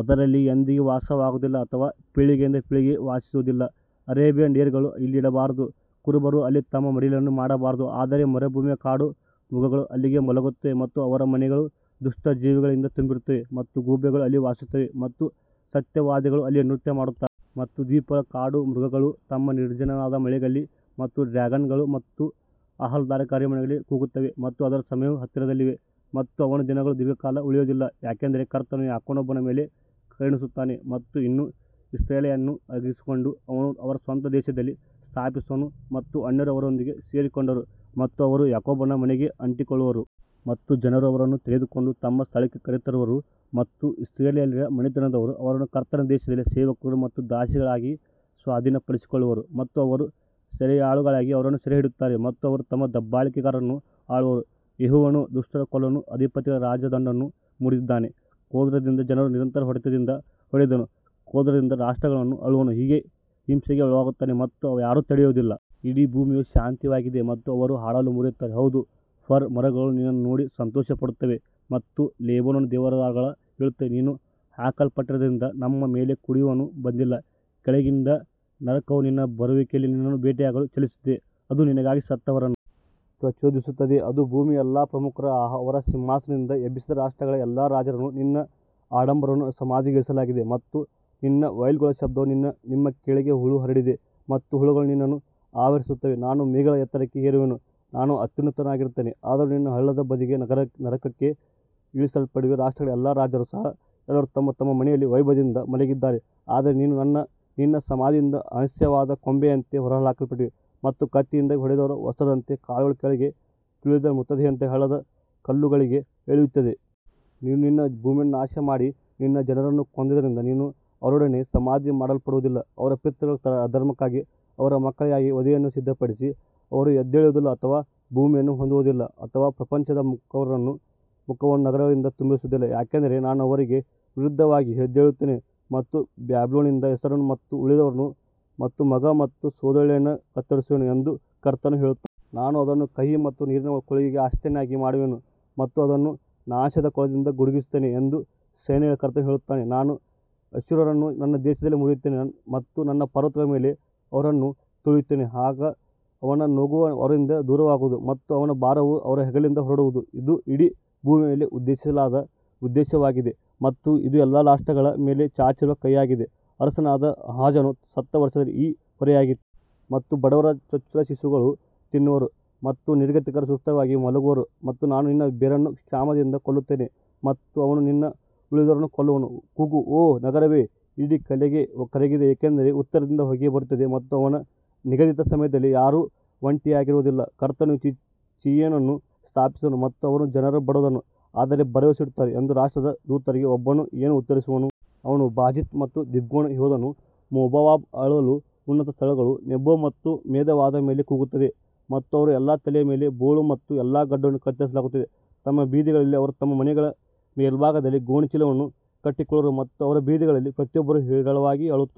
ಅದರಲ್ಲಿ ಎಂದಿಗೂ ವಾಸವಾಗುವುದಿಲ್ಲ ಅಥವಾ ಪೀಳಿಗೆಯಿಂದ ಪೀಳಿಗೆಗೆ ವಾಸಿಸುವದಿಲ್ಲ, ಅರೇಬಿಯನ್ ಡೇರೆಗಳನ್ನು ಅಲ್ಲಿ ಇಡಬಾರದು, ಕುರುಬರು ಅಲ್ಲಿ ತಮ್ಮ ಮಡಿಲನ್ನು ಮಾಡಬಾರದು. ಆದರೆ ಮರುಭೂಮಿಯ ಕಾಡು ಮೃಗಗಳು ಅಲ್ಲಿ ಮಲಗುತ್ತವೆ ಮತ್ತು ಅವರ ಮನೆಗಳು ದುಷ್ಟ ಜೀವಿಗಳಿಂದ ತುಂಬಿರುತ್ತವೆ ಮತ್ತು ಗೂಬೆಗಳು ಅಲ್ಲಿ ವಾಸಿಸುತ್ತವೆ ಮತ್ತು ಸತ್ಯವಾದಿಗಳು ಅಲ್ಲಿ ನೃತ್ಯ ಮಾಡುತ್ತಾರೆ. ಮತ್ತು ದ್ವೀಪಗಳ ಕಾಡು ಮೃಗಗಳು ತಮ್ಮ ನಿರ್ಜನವಾದ ಮನೆಗಳಲ್ಲಿ ಮತ್ತು ಡ್ರ್ಯಾಗನ್ಗಳು ತಮ್ಮ ಆಹ್ಲಾದಕರ ಅರಮನೆಗಳಲ್ಲಿ ಕೂಗುತ್ತವೆ ಮತ್ತು ಅದರ ಸಮಯವು ಹತ್ತಿರದಲ್ಲಿದೆ ಮತ್ತು ಅವಳ ದಿನಗಳು ದೀರ್ಘಕಾಲ ಉಳಿಯುವುದಿಲ್ಲ. ಯಾಕಂದರೆ ಕರ್ತನು ಯಾಕೋಬನ ಮೇಲೆ ಕರುಣಿಸುತ್ತಾನೆ ಮತ್ತು ಇನ್ನೂ ಇಸ್ರಾಯೇಲನ್ನು ಆರಿಸಿಕೊಂಡು ಅವರನ್ನು ಅವರ ಸ್ವಂತ ದೇಶದಲ್ಲಿ ಸ್ಥಾಪಿಸುವನು ಮತ್ತು ಅನ್ಯರು ಅವರೊಂದಿಗೆ ಸೇರಿಕೊಂಡರು ಮತ್ತು ಅವರು ಯಾಕೋಬನ ಮನೆಗೆ ಅಂಟಿಕೊಳ್ಳುವರು. ಮತ್ತು ಜನರು ಅವರನ್ನು ತೆಗೆದುಕೊಂಡು ತಮ್ಮ ಸ್ಥಳಕ್ಕೆ ಕರೆತರುವರು ಮತ್ತು ಇಸ್ರಾಯೇಲ್ಯರ ಮನೆತನದವರು ಅವರನ್ನು ಕರ್ತನ ದೇಶದಲ್ಲಿ ಸೇವಕರು ಮತ್ತು ದಾಸಿಗಳಿಗಾಗಿ ಸ್ವಾಧೀನಪಡಿಸಿಕೊಳ್ಳುವರು ಮತ್ತು ಅವರು ಸೆರೆಯಾಳುಗಳಾಗಿ ಅವರನ್ನು ಸೆರೆಹಿಡಿಯುತ್ತಾರೆ ಮತ್ತು ಅವರು ತಮ್ಮ ದಬ್ಬಾಳಿಕೆಗಾರರನ್ನು ಆಳುವರು. ಯೆಹೋವನು ದುಷ್ಟರ ಕೋಲನ್ನೂ ಅಧಿಪತಿಗಳ ರಾಜದಂಡವನ್ನೂ ಮುರಿದಿದ್ದಾನೆ ಕ್ರೋಧದಿಂದ ಜನರನ್ನು ನಿರಂತರ ಹೊಡೆತದಿಂದ ಹೊಡೆದವನು ಕ್ರೋಧದಿಂದ ರಾಷ್ಟ್ರಗಳನ್ನು ಆಳುವವನು ಹಿಂಸೆಗೆ ಒಳಗಾಗುತ್ತಾನೆ ಮತ್ತು ಯಾರೂ ತಡೆಯುವುದಿಲ್ಲ. ಇಡೀ ಭೂಮಿಯು ಶಾಂತವಾಗಿದೆ ಮತ್ತು ಅವರು ಹಾಡಲು ಮುರಿಯುತ್ತಾರೆ ಹೌದು, ಫರ್ ಮರಗಳು ನಿನ್ನನ್ನು ನೋಡಿ ಸಂತೋಷಪಡುತ್ತವೆ ಮತ್ತು ಲೆಬನೋನ್ನ ದೇವದಾರುಗಳು ಹೇಳುತ್ತವೆ, ನೀನು ಹಾಕಲ್ಪಟ್ಟಿದ್ದರಿಂದ ನಮ್ಮ ಮೇಲೆ ಕಡಿಯುವವನು ಬಂದಿಲ್ಲ ಕೆಳಗಿನಿಂದ ನರಕವು ನಿನ್ನ ಬರುವಿಕೆಯಲ್ಲಿ ನಿನ್ನನ್ನು ಭೇಟಿಯಾಗಲು ಚಲಿಸುತ್ತದೆ, ಅದು ನಿನಗಾಗಿ ಸತ್ತವರನ್ನು ಪ್ರಚೋದಿಸುತ್ತದೆ, ಅದು ಭೂಮಿಯ ಎಲ್ಲಾ ಪ್ರಮುಖರನ್ನು ಅವರ ಸಿಂಹಾಸನದಿಂದ ಎಬ್ಬಿಸಿದ ರಾಷ್ಟ್ರಗಳ ಎಲ್ಲಾ ರಾಜರನ್ನು ನಿನ್ನ ಆಡಂಬರವನ್ನು ಸಮಾಧಿಗೆ ಇಳಿಸಲಾಗಿದೆ ಮತ್ತು ನಿನ್ನ ವಯೋಲ್ಗಳ ಶಬ್ದವು ನಿಮ್ಮ ಕೆಳಗೆ ಹುಳು ಹರಡಿದೆ ಮತ್ತು ಹುಳುಗಳು ನಿನ್ನನ್ನು ಆವರಿಸುತ್ತವೆ ನಾನು ಮೇಘಗಳ ಎತ್ತರಕ್ಕೆ ಏರುವೆನು, ನಾನು ಅತ್ಯುನ್ನತನಾಗಿರುತ್ತೇನೆ ಆದರೂ ನೀನು ಹಳ್ಳದ ಬದಿಗೆ ನರಕಕ್ಕೆ ಇಳಿಸಲ್ಪಡುವೆ ರಾಷ್ಟ್ರಗಳ ಎಲ್ಲಾ ರಾಜರು ಸಹ ಎಲ್ಲರೂ ತಮ್ಮ ತಮ್ಮ ಮನೆಯಲ್ಲಿ ವೈಭವದಿಂದ ಮಲಗಿದ್ದಾರೆ ಆದರೆ ನೀನು ನಿನ್ನ ಸಮಾಧಿಯಿಂದ ಅಸಹ್ಯವಾದ ಕೊಂಬೆಯಂತೆ ಹೊರಹಾಕಲ್ಪಟ್ಟೆ ಮತ್ತು ಕತ್ತಿಯಿಂದ ಹೊಡೆದವರ ವಸ್ತ್ರದಂತೆ ಕಾಲುಗಳ ಕೆಳಗೆ ತುಳಿದ ಮೃತದೇಹದಂತೆ ಹಳ್ಳದ ಕಲ್ಲುಗಳಿಗೆ ಇಳಿಯುತ್ತದೆ. ನೀನು ನಿನ್ನ ಭೂಮಿಯನ್ನು ನಾಶಮಾಡಿ ನಿನ್ನ ಜನರನ್ನು ಕೊಂದಿದ್ದರಿಂದ ನೀನು ಅವರೊಡನೆ ಸಮಾಧಿ ಮಾಡಲ್ಪಡುವದಿಲ್ಲ ಅವರ ಪಿತೃಗಳ ಅಧರ್ಮಕ್ಕಾಗಿ ಅವರ ಮಕ್ಕಳಿಗಾಗಿ ವಧೆಯನ್ನು ಸಿದ್ಧಪಡಿಸಿ, ಅವರು ಎದ್ದೇಳುವುದಿಲ್ಲ ಅಥವಾ ಭೂಮಿಯನ್ನು ಹೊಂದುವುದಿಲ್ಲ ಅಥವಾ ಪ್ರಪಂಚದ ಮುಖವನ್ನು ನಗರಗಳಿಂದ ತುಂಬಿಸುವುದಿಲ್ಲ. ಯಾಕಂದರೆ ನಾನು ಅವರಿಗೆ ವಿರುದ್ಧವಾಗಿ ಎದ್ದೇಳುತ್ತೇನೆ ಮತ್ತು ಬ್ಯಾಬಿಲೋನ್ನಿಂದ ಹೆಸರನ್ನು ಮತ್ತು ಉಳಿದವರನ್ನು ಮತ್ತು ಮಗ ಮತ್ತು ಸೋದರಳಿಯನನ್ನು ಕತ್ತರಿಸುವೆನು ಎಂದು ಕರ್ತನು ಹೇಳುತ್ತಾನೆ. ನಾನು ಅದನ್ನು ಕಹಿ ಮತ್ತು ನೀರಿನ ಕೊಳಗಳಿಗೆ ಆಸ್ತಿಯನ್ನಾಗಿ ಮಾಡುವೆನು ಮತ್ತು ಅದನ್ನು ನಾಶದ ಕೊಳದಿಂದ ಗುಡಿಸುತ್ತೇನೆ ಎಂದು ಸೈನ್ಯಗಳ ಕರ್ತನು ಹೇಳುತ್ತಾನೆ ನಾನು ಅಶ್ಶೂರನನ್ನು ನನ್ನ ದೇಶದಲ್ಲಿ ಮುರಿಯುತ್ತೇನೆ ಮತ್ತು ನನ್ನ ಪರ್ವತಗಳ ಮೇಲೆ ಅವನನ್ನು ತುಳಿಯುತ್ತೇನೆ, ಆಗ ಅವನ ನೊಗವು ಅವರಿಂದ ದೂರವಾಗುವುದು ಮತ್ತು ಅವನ ಭಾರವು ಅವರ ಹೆಗಲಿಂದ ಹೊರಡುವುದು ಇದು ಇಡೀ ಭೂಮಿಯ ಮೇಲೆ ಉದ್ದೇಶಿಸಲಾದ ಉದ್ದೇಶವಾಗಿದೆ ಮತ್ತು ಇದು ಎಲ್ಲಾ ರಾಷ್ಟ್ರಗಳ ಮೇಲೆ ಚಾಚಿರುವ ಕೈಯಾಗಿದೆ ಅರಸನಾದ ಆಹಾಜನು ಸತ್ತ ವರ್ಷದಲ್ಲಿ ಈ ಹೊರೆಯಾಗಿತ್ತು. ಮತ್ತು ಬಡವರ ಚೊಚ್ಚಲ ಶಿಶುಗಳು ತಿನ್ನುವರು ಮತ್ತು ನಿರ್ಗತಿಕರು ಸುರಕ್ಷಿತವಾಗಿ ಮಲಗುವರು ಮತ್ತು ನಾನು ನಿನ್ನ ಬೇರನ್ನು ಕ್ಷಾಮದಿಂದ ಕೊಲ್ಲುತ್ತೇನೆ ಮತ್ತು ಅವನು ನಿನ್ನ ಉಳಿದವರನ್ನು ಕೊಲ್ಲುವನು. ಕೂಗು ಓ ನಗರವೇ, ಇಡೀ ಕಲೆ ಕರಗಿದೆ ಏಕೆಂದರೆ ಉತ್ತರದಿಂದ ಹೊಗೆ ಬರುತ್ತದೆ ಮತ್ತು ಅವನ ನಿಗದಿತ ಸಮಯದಲ್ಲಿ ಯಾರೂ ಒಂಟಿಯಾಗಿರುವುದಿಲ್ಲ ಕರ್ತನು ಚೀಯೋನನ್ನು ಸ್ಥಾಪಿಸಿದನು ಮತ್ತು ಅವನ ಜನರ ಬಡವರು ಅದರಲ್ಲಿ ಭರವಸೆಯಿಡುತ್ತಾರೆ ಎಂದು ರಾಷ್ಟ್ರದ ದೂತರಿಗೆ ಒಬ್ಬನು ಏನು ಉತ್ತರಿಸುವನು? ಅವನು ಬಾಜಿತ್ ಮತ್ತು ದೀಬೋನ್ಗೆ ಹೋದನು, ಮೋವಾಬ್ ಅಳಲು ಉನ್ನತ ಸ್ಥಳಗಳು ನೆಬೋ ಮತ್ತು ಮೆದೆಬಾದ ಮೇಲೆ ಕೂಗುತ್ತವೆ ಮತ್ತು ಅವರ ಎಲ್ಲಾ ತಲೆಯ ಮೇಲೆ ಬೋಳು ಮತ್ತು ಎಲ್ಲಾ ಗಡ್ಡವನ್ನು ಕತ್ತರಿಸಲಾಗುತ್ತದೆ. ತಮ್ಮ ಬೀದಿಗಳಲ್ಲಿ ಅವರು ತಮ್ಮ ಮನೆಗಳ ಮೇಲ್ಭಾಗದಲ್ಲಿ ಗೋಣಿಚೀಲವನ್ನು ಕಟ್ಟಿಕೊಳ್ಳುವರು ಮತ್ತು ಅವರ ಬೀದಿಗಳಲ್ಲಿ ಪ್ರತಿಯೊಬ್ಬರೂ ಹೇರಳವಾಗಿ ಅಳುತ್ತಾರೆ.